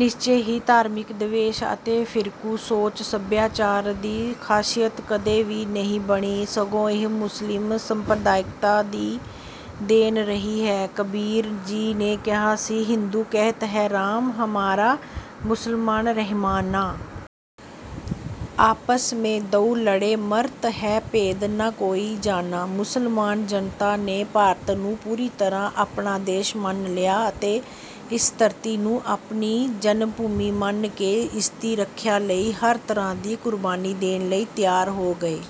ਨਿਸ਼ਚੇ ਹੀ ਧਾਰਮਿਕ ਦਵੈਸ਼ ਅਤੇ ਫਿਰਕੂ ਸੋਚ ਸੱਭਿਆਚਾਰ ਦੀ ਖਾਸੀਅਤ ਕਦੇ ਵੀ ਨਹੀਂ ਬਣੀ, ਸਗੋਂ ਇਹ ਮੁਸਲਿਮ ਸੰਪਰਦਾਇਕਤਾ ਦੀ ਦੇਣ ਰਹੀ ਹੈ। ਕਬੀਰ ਜੀ ਨੇ ਕਿਹਾ ਸੀ, "ਹਿੰਦੂ ਕਹਤ ਹੈ ਰਾਮ ਹਮਾਰਾ, ਮੁਸਲਮਾਨ ਰਹਿਮਾਨਾ। ਆਪਸ ਮੇਂ ਦੋਊ ਲੜੇ ਮਰਤ ਹੈਂ, ਭੇਦ ਨਾ ਕੋਈ ਜਾਨਾ।" ਮੁਸਲਮਾਨ ਜਨਤਾ ਨੇ ਭਾਰਤ ਨੂੰ ਪੂਰੀ ਤਰ੍ਹਾਂ ਆਪਣਾ ਦੇਸ਼ ਮੰਨ ਲਿਆ ਅਤੇ ਇਸ ਧਰਤੀ ਨੂੰ ਆਪਣੀ ਜਨਮਭੂਮੀ ਮੰਨ ਕੇ ਇਸਦੀ ਰੱਖਿਆ ਲਈ ਹਰ ਤਰ੍ਹਾਂ ਦੀ ਕੁਰਬਾਨੀ ਦੇਣ ਲਈ ਤਿਆਰ ਹੋ ਗਏ।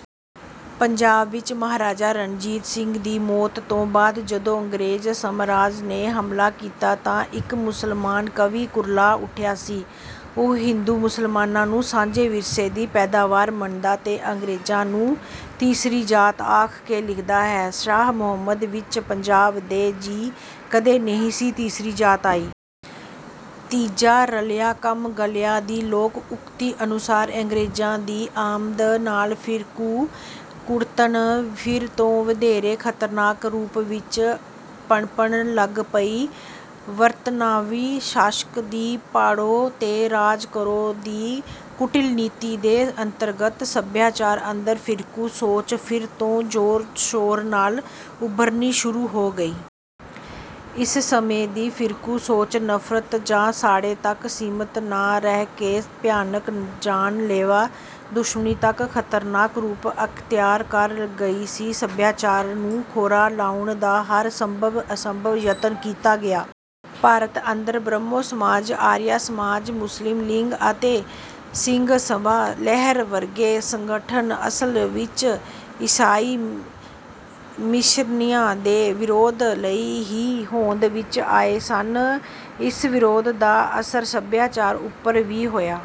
ਪੰਜਾਬ ਵਿੱਚ ਮਹਾਰਾਜਾ ਰਣਜੀਤ ਸਿੰਘ ਦੀ ਮੌਤ ਤੋਂ ਬਾਅਦ ਜਦੋਂ ਅੰਗਰੇਜ਼ ਸਾਮਰਾਜ ਨੇ ਹਮਲਾ ਕੀਤਾ, ਤਾਂ ਇੱਕ ਮੁਸਲਮਾਨ ਕਵੀ ਕੁਰਲਾ ਉੱਠਿਆ ਸੀ। ਉਹ ਹਿੰਦੂ-ਮੁਸਲਮਾਨਾਂ ਨੂੰ 'ਸਾਂਝੇ ਵਿਰਸੇ' ਦੀ ਪੈਦਾਵਾਰ ਮੰਨਦਾ ਤੇ ਅੰਗਰੇਜ਼ਾਂ ਨੂੰ 'ਤੀਸਰੀ ਜਾਤ' ਆਖ ਕੇ ਲਿਖਦਾ ਹੈ: - "ਸ਼ਾਹ ਮੁਹੰਮਦਾ, ਵਿਚ ਪੰਜਾਬ ਦੇ ਜੀ, ਕਦੇ ਨਹੀਂ ਸੀ ਤੀਸਰੀ ਜਾਤ ਆਈ।" 'ਤੀਜਾ ਰਲਿਆ ਕੰਮ ਗਲਿਆ' ਦੀ ਲੋਕ-ਉਕਤੀ ਅਨੁਸਾਰ ਅੰਗਰੇਜ਼ਾਂ ਦੀ ਆਮਦ ਨਾਲ ਫ਼ਿਰਕੂ ਕੁੜੱਤਣ ਫਿਰ ਤੋਂ ਵਧੇਰੇ ਖ਼ਤਰਨਾਕ ਰੂਪ ਵਿੱਚ ਪਨਪਣ ਲੱਗ ਪਈ। ਬਰਤਾਨਵੀ ਸ਼ਾਸਕ ਦੀ 'ਪਾੜੋ ਤੇ ਰਾਜ ਕਰੋ' ਦੀ ਕੁਟਿਲ ਨੀਤੀ ਦੇ ਅੰਤਰਗਤ ਸਭਿਆਚਾਰ ਅੰਦਰ ਫ਼ਿਰਕੂ ਸੋਚ ਫਿਰ ਤੋਂ ਜ਼ੋਰ-ਸ਼ੋਰ ਨਾਲ ਉਭਰਨੀ ਸ਼ੁਰੂ ਹੋ ਗਈ। ਇਸ ਸਮੇਂ ਦੀ ਫ਼ਿਰਕੂ ਸੋਚ 'ਨਫ਼ਰਤ' ਜਾਂ 'ਸਾੜੇ' ਤੱਕ ਸੀਮਿਤ ਨਾ ਰਹਿ ਕੇ ਭਿਆਨਕ, ਜਾਨ-ਲੇਵਾ ਦੁਸ਼ਮਣੀ ਤੱਕ ਖ਼ਤਰਨਾਕ ਰੂਪ ਅਖ਼ਤਿਆਰ ਕਰ ਗਈ ਸੀ। ਸਭਿਆਚਾਰ ਨੂੰ ਖੋਰਾ ਲਾਉਣ ਦਾ ਹਰ ਸੰਭਵ-ਅਸੰਭਵ ਯਤਨ ਕੀਤਾ ਗਿਆ। ਭਾਰਤ ਅੰਦਰ ਬ੍ਰਹਮੋ ਸਮਾਜ, ਆਰੀਆ ਸਮਾਜ, ਮੁਸਲਿਮ ਲੀਗ, ਅਤੇ ਸਿੰਘ ਸਭਾ ਲਹਿਰ ਵਰਗੇ ਸੰਗਠਨ ਅਸਲ ਵਿੱਚ ਈਸਾਈ ਮਿਸ਼ਨਰੀਆਂ ਦੇ ਵਿਰੋਧ ਲਈ ਹੀ ਹੋਂਦ ਵਿੱਚ ਆਏ ਸਨ। ਇਸ ਵਿਰੋਧ ਦਾ ਅਸਰ ਸਭਿਆਚਾਰ ਉੱਪਰ ਵੀ ਹੋਇਆ।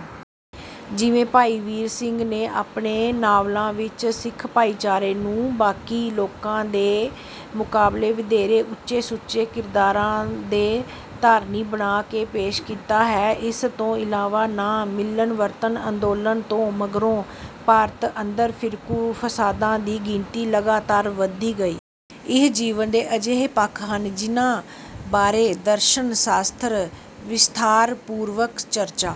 ਜਿਵੇਂ ਭਾਈ ਵੀਰ ਸਿੰਘ ਨੇ ਆਪਣੇ ਨਾਵਲਾਂ ਵਿੱਚ ਸਿੱਖ ਭਾਈਚਾਰੇ ਨੂੰ ਬਾਕੀ ਲੋਕਾਂ ਦੇ ਮੁਕਾਬਲੇ ਵਧੇਰੇ ਉੱਚੇ-ਸੁੱਚੇ ਕਿਰਦਾਰਾਂ ਦੇ ਧਾਰਨੀ ਬਣਾ ਕੇ ਪੇਸ਼ ਕੀਤਾ ਹੈ। ਇਸ ਤੋਂ ਇਲਾਵਾ ਨਾ-ਮਿਲਵਰਤਨ ਅੰਦੋਲਨ ਤੋਂ ਮਗਰੋਂ ਭਾਰਤ ਅੰਦਰ ਫਿਰਕੂ ਫਸਾਦਾਂ ਦੀ ਗਿਣਤੀ ਲਗਾਤਾਰ ਵਧਦੀ ਗਈ। ਇਹ ਜੀਵਨ ਦੇ ਅਜਿਹੇ ਪੱਖ ਹਨ ਜਿਨ੍ਹਾਂ ਬਾਰੇ ਦਰਸ਼ਨ-ਸ਼ਾਸਤਰ ਵਿਸਥਾਰਪੂਰਵਕ ਚਰਚਾ